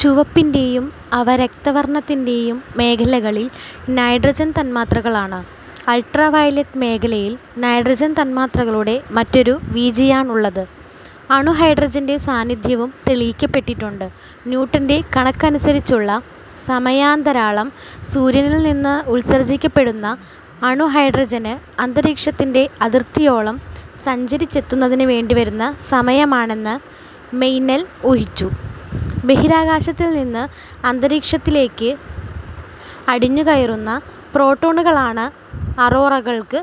ചുവപ്പിൻ്റെ യും അവരക്തവർണത്തിൻ്റെ യും മേഖലകളിൽ നൈട്രജൻ തന്മാത്രകളാണ്. അൾട്രാവയലറ്റ് മേഖലയിൽ നൈട്രജൻ തന്മാത്രകളുടെ മറ്റൊരു വീചിയാണുള്ളത്. അണുഹൈഡ്രജൻ്റെ സാന്നിധ്യവും തെളിയിക്കപ്പെട്ടിട്ടുണ്ട്. ന്യൂട്ടൻ്റെ കണക്കനുസരിച്ചുള്ള സമയാന്തരാളം സൂര്യനിൽനിന്ന് ഉത്സർജിക്കപ്പെടുന്ന അണുഹൈഡ്രജന് അന്തരീക്ഷത്തിൻ്റെ അതിർത്തിയോളം സഞ്ചരിച്ചെത്തുന്നതിന് വേണ്ടിവരുന്ന സമയമാണെന്ന് മെയ്നെൽ ഊഹിച്ചു. ബഹിരാകാശത്തിൽ നിന്ന് അന്തരീക്ഷത്തിലേക്ക് അടിഞ്ഞുകയറുന്ന പ്രോട്ടോണുകളാണ് അറോറകൾക്ക്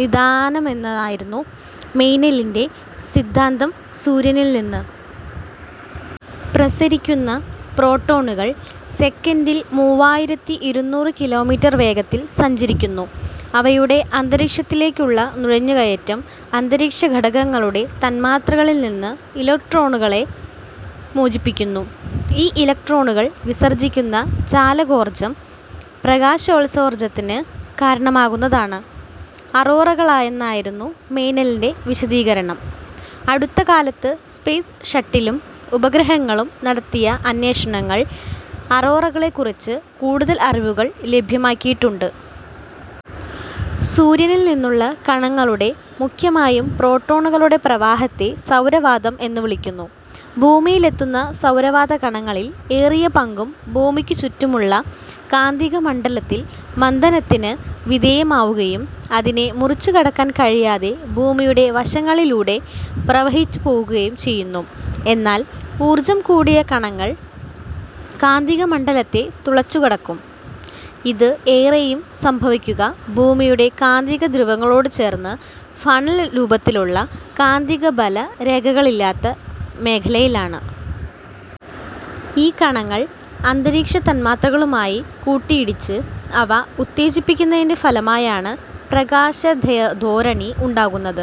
നിദാനമെന്നായിരുന്നു മെയ്നെലിൻ്റെ സിദ്ധാന്തം. സൂര്യനിൽനിന്ന് പ്രസരിക്കുന്ന പ്രോട്ടോണുകൾ സെക്കൻഡിൽ മൂവായിരത്തി ഇരുനൂറ് കിലോമീറ്റർ വേഗത്തിൽ സഞ്ചരിക്കുന്നു. അവയുടെ അന്തരീക്ഷത്തിലേക്കുള്ള നുഴഞ്ഞുകയറ്റം അന്തരീക്ഷഘടകങ്ങളുടെ തന്മാത്രകളിൽനിന്ന് ഇലക്ട്രോണുകളെ മോചിപ്പിക്കുന്നു. ഈ ഇലക്ട്രോണുകൾ വിസർജിക്കുന്ന ചാലകോർജം പ്രകാശോത്സർജനത്തിന് കാരണമാകുന്നതാണ് അറോറകളെന്നായിരുന്നു മെയ്നെലിൻ്റെ വിശദീകരണം. അടുത്തകാലത്ത് സ്പേസ് ഷട്ടിലും ഉപഗ്രഹങ്ങളും നടത്തിയ അന്വേഷണങ്ങൾ അറോറകളെക്കുറിച്ച് കൂടുതൽ അറിവുകൾ ലഭ്യമാക്കിയിട്ടുണ്ട്. സൂര്യനിൽനിന്നുള്ള കണങ്ങളുടെ, മുഖ്യമായും പ്രോട്ടോണുകളുടെ, പ്രവാഹത്തെ സൗരവാതം എന്നു വിളിക്കുന്നു. ഭൂമിയിലെത്തുന്ന സൗരവാതകണങ്ങളിൽ ഏറിയപങ്കും ഭൂമിക്കു ചുറ്റുമുള്ള കാന്തികമണ്ഡലത്തിൽ മന്ദനത്തിന് വിധേയമാവുകയും അതിനെ മുറിച്ചുകടക്കാൻ കഴിയാതെ ഭൂമിയുടെ വശങ്ങളിലൂടെ പ്രവഹിച്ചുപോവുകയും ചെയ്യുന്നു. എന്നാൽ ഊർജം കൂടിയ കണങ്ങൾ കാന്തികമണ്ഡലത്തെ തുളച്ചുകടക്കും. ഇത് ഏറെയും സംഭവിക്കുക ഭൂമിയുടെ കാന്തികധ്രുവങ്ങളോടു ചേർന്ന് ഫണൽ രൂപത്തിലുള്ള കാന്തികബലരേഖകളില്ലാത്ത മേഖലയിലാണ്. ഈ കണങ്ങൾ അന്തരീക്ഷതന്മാത്രകളുമായി കൂട്ടിയിടിച്ച് അവയെ ഉത്തേജിപ്പിക്കുന്നതിൻ്റെ ഫലമായാണ് പ്രകാശധോരണി ഉണ്ടാകുന്നത്.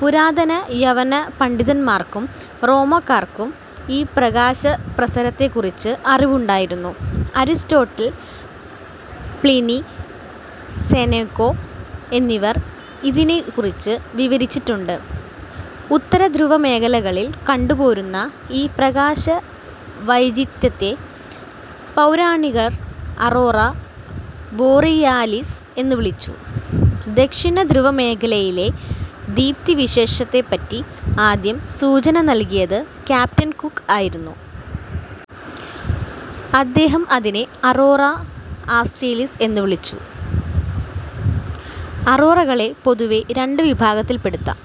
പുരാതന യവനപണ്ഡിതന്മാർക്കും റോമാക്കാർക്കും ഈ പ്രകാശപ്രസരത്തെക്കുറിച്ച് അറിവുണ്ടായിരുന്നു. അരിസ്റ്റോട്ടൽ, പ്ലിനി, സെനേക്കാ എന്നിവർ ഇതേക്കുറിച്ച് വിവരിച്ചിട്ടുണ്ട്. ഉത്തരധ്രുവീയമേഖലകളിൽ കണ്ടുപോരുന്ന ഈ പ്രകാശവൈചിത്ര്യത്തെ പൗരാണികർ അറോറാ ബോറിയാലിസ് എന്നു വിളിച്ചു. ദക്ഷിണധ്രുവമേഖലയിലെ ദീപ്തിവിശേഷത്തെപ്പറ്റി ആദ്യം സൂചന നൽകിയത് ക്യാപ്റ്റൻ കുക്ക് ആയിരുന്നു. അദ്ദേഹം അതിനെ അറോറാ ആസ്റ്റ്രേലിസ് എന്നു വിളിച്ചു. അറോറകളെ പൊതുവേ രണ്ടു വിഭാഗത്തിൽപ്പെടുത്താം,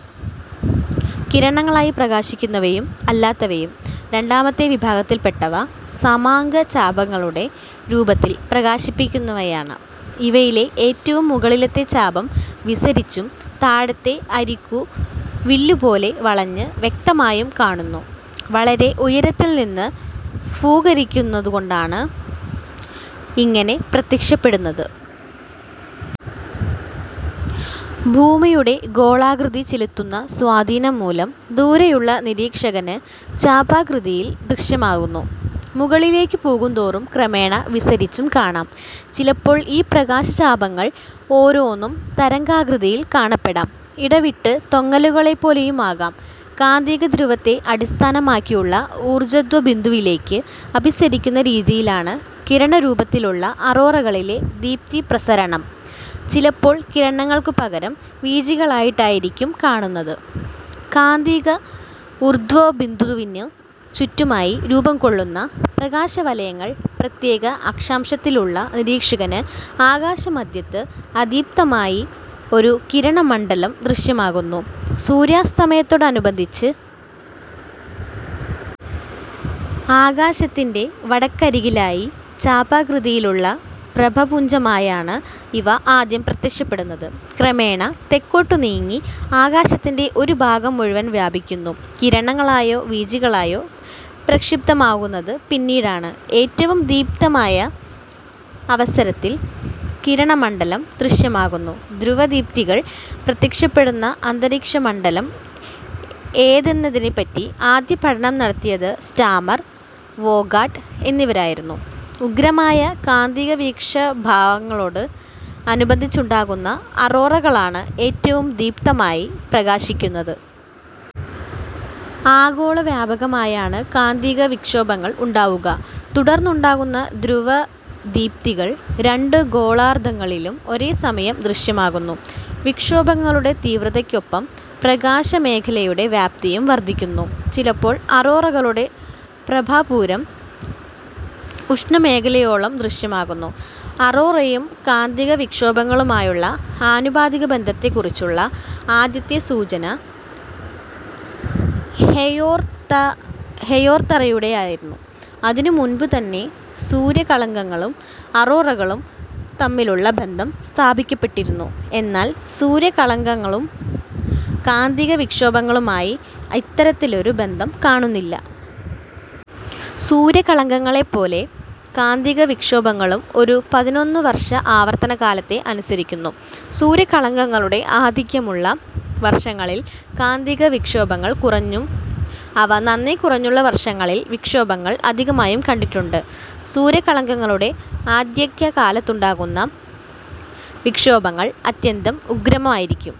കിരണങ്ങളായി പ്രകാശിക്കുന്നവയും അല്ലാത്തവയും. രണ്ടാമത്തെ വിഭാഗത്തിൽപ്പെട്ടവ സമാംഗചാപങ്ങളുടെ രൂപത്തിൽ പ്രകാശിക്കുന്നവയാണ്. ഇവയിലെ ഏറ്റവും മുകളിലത്തെ ചാപം വിസരിച്ചും താഴത്തെ അരികു വില്ലുപോലെ വളഞ്ഞ് വ്യക്തമായും കാണുന്നു. വളരെ ഉയരത്തിൽനിന്ന് സ്ഫുരിക്കുന്നതുകൊണ്ടാണ് ഇങ്ങനെ പ്രത്യക്ഷപ്പെടുന്നത്. ഭൂമിയുടെ ഗോളാകൃതി ചെലുത്തുന്ന സ്വാധീനംമൂലം ദൂരെയുള്ള നിരീക്ഷകന് ചാപാകൃതിയിൽ ദൃശ്യമാകുന്നു. മുകളിലേക്കു പോകുന്തോറും ക്രമേണ വിസരിച്ചും കാണാം. ചിലപ്പോൾ ഈ പ്രകാശചാപങ്ങൾ ഓരോന്നും തരംഗാകൃതിയിൽ കാണപ്പെടാം. ഇടവിട്ട് തൊങ്ങലുകളെപ്പോലെയുമാകാം. കാന്തികധ്രുവത്തെ അടിസ്ഥാനമാക്കിയുള്ള ഊർജത ബിന്ദുവിലേക്ക് അഭിസരിക്കുന്ന രീതിയിലാണ് കിരണരൂപത്തിലുള്ള അറോറകളിലെ ദീപ്തിപ്രസരണം. ചിലപ്പോൾ കിരണങ്ങൾക്കുപകരം വീചികളായിട്ടായിരിക്കും കാണുന്നത്. കാന്തിക ഊർധ്വബിന്ദുവിനു ചുറ്റുമായി രൂപംകൊള്ളുന്ന പ്രകാശവലയങ്ങൾ പ്രത്യേക അക്ഷാംശത്തിലുള്ള നിരീക്ഷകന് ആകാശമധ്യത്ത് അതിദീപ്തമായ ഒരു കിരണമണ്ഡലം ദൃശ്യമാക്കുന്നു. സൂര്യാസ്തമയത്തോടനുബന്ധിച്ച് ആകാശത്തിൻ്റെ വടക്കരികിലായി ചാപാകൃതിയിലുള്ള പ്രഭാപുഞ്ജമായാണ് ഇവ ആദ്യം പ്രത്യക്ഷപ്പെടുന്നത്. ക്രമേണ തെക്കോട്ടുനീങ്ങി ആകാശത്തിൻ്റെ ഒരു ഭാഗം മുഴുവൻ വ്യാപിക്കുന്നു. കിരണങ്ങളായോ വീചികളായോ പ്രക്ഷിപ്തമാകുന്നത് പിന്നീടാണ്. ഏറ്റവും ദീപ്തമായ അവസരത്തിൽ കിരണമണ്ഡലം ദൃശ്യമാകുന്നു. ധ്രുവദീപ്തികൾ പ്രത്യക്ഷപ്പെടുന്ന അന്തരീക്ഷമണ്ഡലം ഏതെന്നതിനെപ്പറ്റി ആദ്യം പഠനം നടത്തിയത് സ്റ്റാമർ, വോഗാഡ് എന്നിവരായിരുന്നു. ഉഗ്രമായ കാന്തികവിക്ഷോഭങ്ങളോട് അനുബന്ധിച്ചുണ്ടാകുന്ന അറോറകളാണ് ഏറ്റവും ദീപ്തമായി പ്രകാശിക്കുന്നത്. ആഗോളവ്യാപകമായാണ് കാന്തികവിക്ഷോഭങ്ങൾ ഉണ്ടാവുക. തുടർന്നുണ്ടാകുന്ന ധ്രുവദീപ്തികൾ രണ്ടു ഗോളാർധങ്ങളിലും ഒരേസമയം ദൃശ്യമാകുന്നു. വിക്ഷോഭങ്ങളുടെ തീവ്രതയ്ക്കൊപ്പം പ്രകാശമേഖലയുടെ വ്യാപ്തിയും വർധിക്കുന്നു. ചിലപ്പോൾ അറോറകളുടെ പ്രഭാപൂരം ഉഷ്ണമേഖലയോളം ദൃശ്യമാകുന്നു. അറോറയും കാന്തികവിക്ഷോഭങ്ങളുമായുള്ള ആനുപാതികബന്ധത്തെക്കുറിച്ചുള്ള ആദ്യത്തെ സൂചന ഹെയോർതറുടേതായിരുന്നു. അതിനുമുൻപുതന്നെ സൂര്യകളങ്കങ്ങളും അറോറകളും തമ്മിലുള്ള ബന്ധം സ്ഥാപിക്കപ്പെട്ടിരുന്നു. എന്നാൽ സൂര്യകളങ്കങ്ങളും കാന്തികവിക്ഷോഭങ്ങളുമായി ഇത്തരമൊരു ബന്ധം കാണുന്നില്ല. സൂര്യകളങ്കങ്ങളെപ്പോലെ കാന്തികവിക്ഷോഭങ്ങളും ഒരു പതിനൊന്നുവർഷ ആവർത്തനകാലത്തെ അനുസരിക്കുന്നു. സൂര്യകളങ്കങ്ങളുടെ ആധിക്യമുള്ള വർഷങ്ങളിൽ കാന്തികവിക്ഷോഭങ്ങൾ കുറഞ്ഞും അവ നന്നേ കുറഞ്ഞുള്ള വർഷങ്ങളിൽ വിക്ഷോഭങ്ങൾ അധികമായും കണ്ടിട്ടുണ്ട്. സൂര്യകളങ്കങ്ങളുടെ ആധിക്യകാലത്തുണ്ടാകുന്ന വിക്ഷോഭങ്ങൾ അത്യന്തം ഉഗ്രമായിരിക്കും.